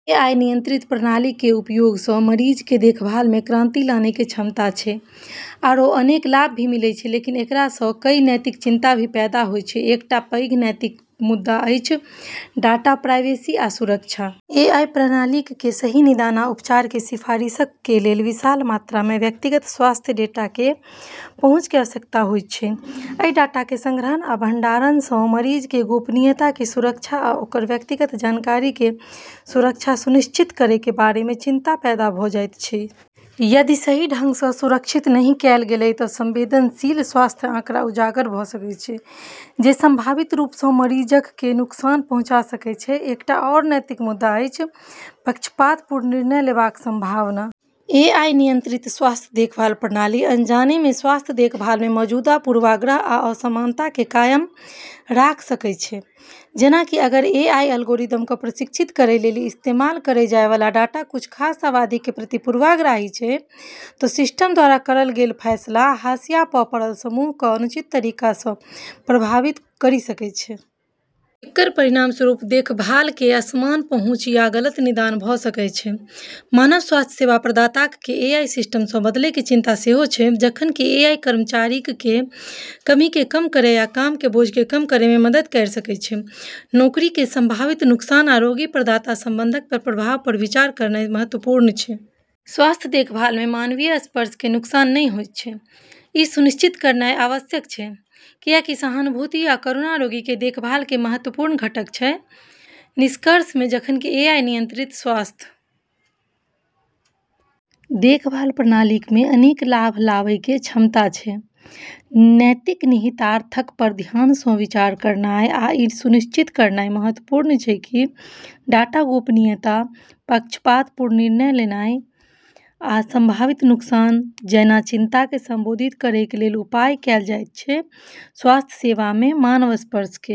AI नियंत्रित प्रणाली के उपयोग स मरीज के देखभाल मे क्रांति लानै के क्षमता छै आरू अनेक लाभ भी मिलै छै, लेकिन एकरा स कई नैतिक चिंता भी पैदा होय छै। एकटा पैघ नैतिक मुद्दा अछि डाटा प्राइवेसी आ सुरक्षा। एआई प्रणालीक के सही निदान आ उपचार के सिफारिशक के लेल विशाल मात्रा मे व्यक्तिगत स्वास्थ्य डेटा के पहुंच के आवश्यकता होयत छै। अइ डाटा के संग्रहण आ भंडारण सं मरीजक के गोपनीयता के सुरक्षा आ ओकर व्यक्तिगत जानकारी के सुरक्षा सुनिश्चित करय के बारे मे चिंता पैदा भ जायत छै। यदि सही ढंग सं सुरक्षित नहि कैल गेलय त संवेदनशील स्वास्थ्य आंकड़ा उजागर भ सकय छै, जे संभावित रूप सं मरीजक के नुकसान पहुंचा सकय छै। एकटा आओर नैतिक मुद्दा अछि पक्षपातपूर्ण निर्णय लेबाक संभावना। एआई नियंत्रित स्वास्थ्य देखभाल प्रणाली अनजाने मे स्वास्थ्य देखभाल मे मौजूदा पूर्वाग्रह आ असमानता के कायम राख सकय छै। जेना कि अगर एआई एल्गोरिदम क प्रशिक्षित करै लेली इस्तेमाल करल जाय वाला डाटा कुछ खास आबादी के प्रति पूर्वाग्रही छै, त सिस्टम द्वारा करल गेल फैसला हाशिया प पड़ल समूह क अनुचित तरीका स प्रभावित करी सकै छै। एकर परिणामस्वरूप देखभाल के असमान पहुंच या गलत निदान भ सकएय छै। मानव स्वास्थ्य सेवा प्रदाताक के एआई सिस्टम सं बदलय के चिंता सेहो छै। जखन कि एआई कर्मचारीक के कमी के कम करय आ काम के बोझ के कम करय मे मदद कयर सकय छै, नौकरी के संभावित नुकसान आ रोगी-प्रदाता संबंधक पर प्रभाव पर विचार करनाय महत्वपूर्ण छै। स्वास्थ्य देखभाल मे मानवीय स्पर्श के नुकसान नहि होयत छै, इ सुनिश्चित करनाय आवश्यक छै, कियाकि सहानुभूति आ करुणा रोगी के देखभाल के महत्वपूर्ण घटक छै। निष्कर्ष मे, जखन कि एआई नियंत्रित स्वास्थ्य देखभाल प्रणालीक मे अनेक लाभ लावय के क्षमता छै, नैतिक निहितार्थक पर ध्यान सं विचार करनाय आ इ सुनिश्चित करनाय महत्वपूर्ण छै की डाटा गोपनीयता, पक्षपातपूर्ण निर्णय लेनाय, आ संभावित नुकसान जैना चिंता के संबोधित करय के लेल उपाय कैल जायत छै स्वास्थ्य सेवा में मानव स्पर्श के।